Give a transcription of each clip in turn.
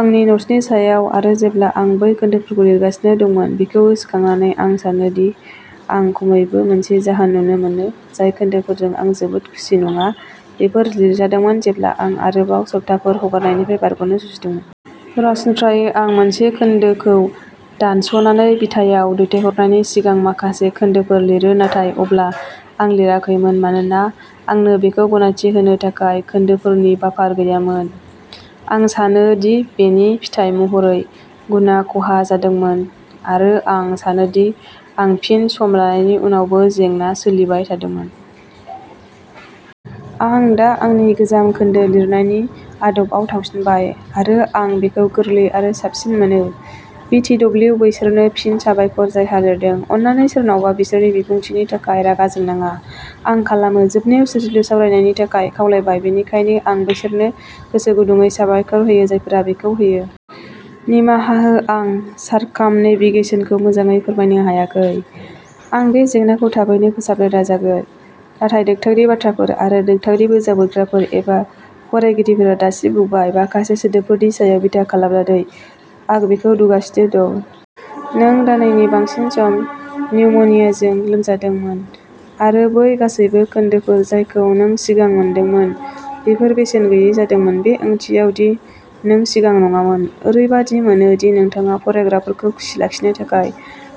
आंनि न'ट्सनि सायाव आरो जेब्ला आं बै खोन्दोफोरखौ लिरगासिनो दंमोन बेखौ गोसोखांनानै आं सानो दि आं खमैबो मोनसे जाहोन नुनो मोनो। जाय खोन्दोफोरजों आं जोबोद खुसि नङा बेफोर लिरजादोंमोन जेब्ला आं आरोबाव सप्ताफोर हगारनायनिफ्राय बारग'नो जुजिदोंमोन। सरासनस्रायै आं मोनसे खोन्दोखौ दानस'नानै बिटायाव दैथायहरनायनि सिगां माखासे खोन्दोफोर लिरो नाथाय अब्ला आं लिराखैमोन, मानोना आंनो बेखौ गनायथि होनो थाखाय खोन्दोफोरनि बाफार गैयामोन। आं सानो दि बेनि फिथाय महरै गुनआ खहा जादोंमोन आरो आं सानो दि आं फिन सम लानायनि उनावबो जेंना सोलिबाय थादोंमोन। आं दा आंनि गोजाम खोन्दो लिरनायनि आदबआव थांफिनबाय आरो आं बेखौ गोरलै आरो साबसिन मोनो। बि ति दब्लिउ बैसोरनो फिन साबायखर जायहा लिरदों। अन्नानै सोरनावबा बिसोरनि बिबुंथिनि थाखाय रागा जोंनाङा आं खालामो। जोबनायाव सोरजिलु सावरायनायनि थाखाय खावलायबाय बेनिखायनो आं बैसोरनो गोसोगुदुंयै साबायखर होयो जायफोरा बेखौ होयो। निमाहा हो आं सारकामनेभिगेसनखौ मोजाङै फोरमायनो हायाखै। आं बे जेंनाखौ थाबैनो फोसाबनो नाजागोन। नाथाय नोंथांनि बाथ्राफोर आरो नोंथांनि मोजां मोनग्राफोर एबा फरायगिरिफोरा दासिम बुंनाय माखासे सोदोबफोरनि सायाव बिथा खालामनानै आं बेखौ नुगासिनो दं। नों दाननैनि बांसिन सम निउमनियाजों लोमजादोंमोन आरो बै गासैबो खोन्दोफोर जायखौ नों सिगां मोनदोंमोन बेफोर बेसेन गैयै जादोंमोन बे ओंथियाव दि नों सिगां नङामोन। ओरैबादि मोनो दि नोंथाङा फरायग्राफोरखौ खुसि लाखिनो थाखाय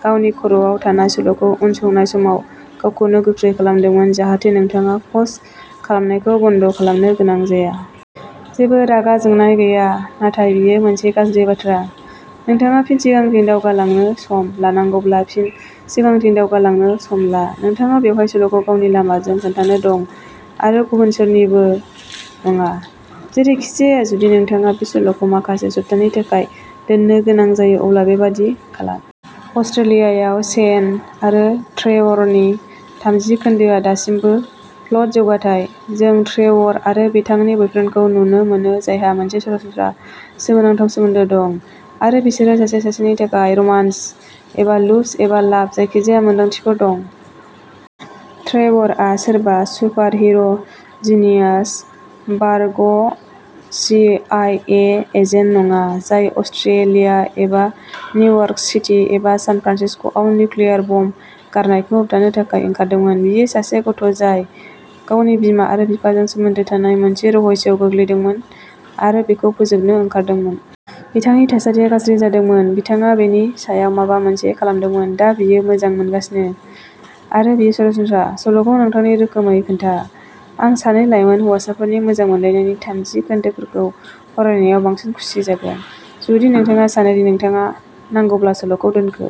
गावनि खर'आव थानाय सल'खौ उनसंनाय समाव गावखौनो गोख्रै खालामदोंमोन जाहाथे नोंथाङा पस्ट खालामनायखौ बन्द खालामनो गोनां जाया। जेबो रागा जोंनाय गैया नाथाय बेयो मोनसे गाज्रि बाथ्रा। नोंथाङा फिन सिगांथिं दावगालांनो सम लानांगौब्ला फिन सिगांथिं दावगालांनो सम ला। नोंथाङा बेवहाय सल'खौ गावनि लामाजों खोन्थानो दं आरो गुबुन सोरनिबो नङा। जेरैखिजाया। जुदि नोंथाङा बे सल'खौ माखासे सप्तानि थाखाय दोननो गोनां जायो अब्ला बेबादि खालाम। अस्ट्रेलियायाव शेन आरो ट्रेवरनि थामजि खोन्दोआ दासिमबो प्लट जौगाथाय। जों ट्रेवर आरो बिथांनि बयफ्रेन्डखौ नुनो मोनो जायहा मोनसे सरासनस्रा सोमोनांथाव सोमोन्दो दं आरो बिसोरहा सासेया सासेनि थाखाय रमान्स एबा लुस्ट एबा लाभ जायखिजाया मोन्दांथिफोर दं। ट्रेवरआ सोरबा सुपारहिर'जिनियस बारग'सीआईए एजेन्ट नङा जाय अस्ट्रेलिया एबा निउयर्क सिटी एबा सान फ्रान्सिस्क'आव निउक्लियार बम गारनायखौ होबथानो थाखाय ओंखारदोंमोन। बियो सासे गथ'जाय गावनि बिमा आरो बिफाजों सोमोन्दो थानाय मोनसे रहस्यआव गोग्लैदोंमोन आरो बेखौ फोजोबनो ओंखारदोंमोन। बिथांनि थासारिया गाज्रि जादोंमोन, बिथाङा बेनि सायाव माबा मोनसे खालामदोंमोन। दा बियो मोजां मोनगासिनो, आरो बेयो सरासनस्रा। सल'खौ नोंथांनि रोखोमै खोन्था। आं सानै लाइमोन हौवासाफोरनि मोजां मोनलायनायनि थामजि खोन्दोफोरखौ फरायनायाव बांसिन खुसि जागोन। जुदि नोंथाङा सानो दि नोंथाङा नांगौब्ला सल'खौ दोनखो।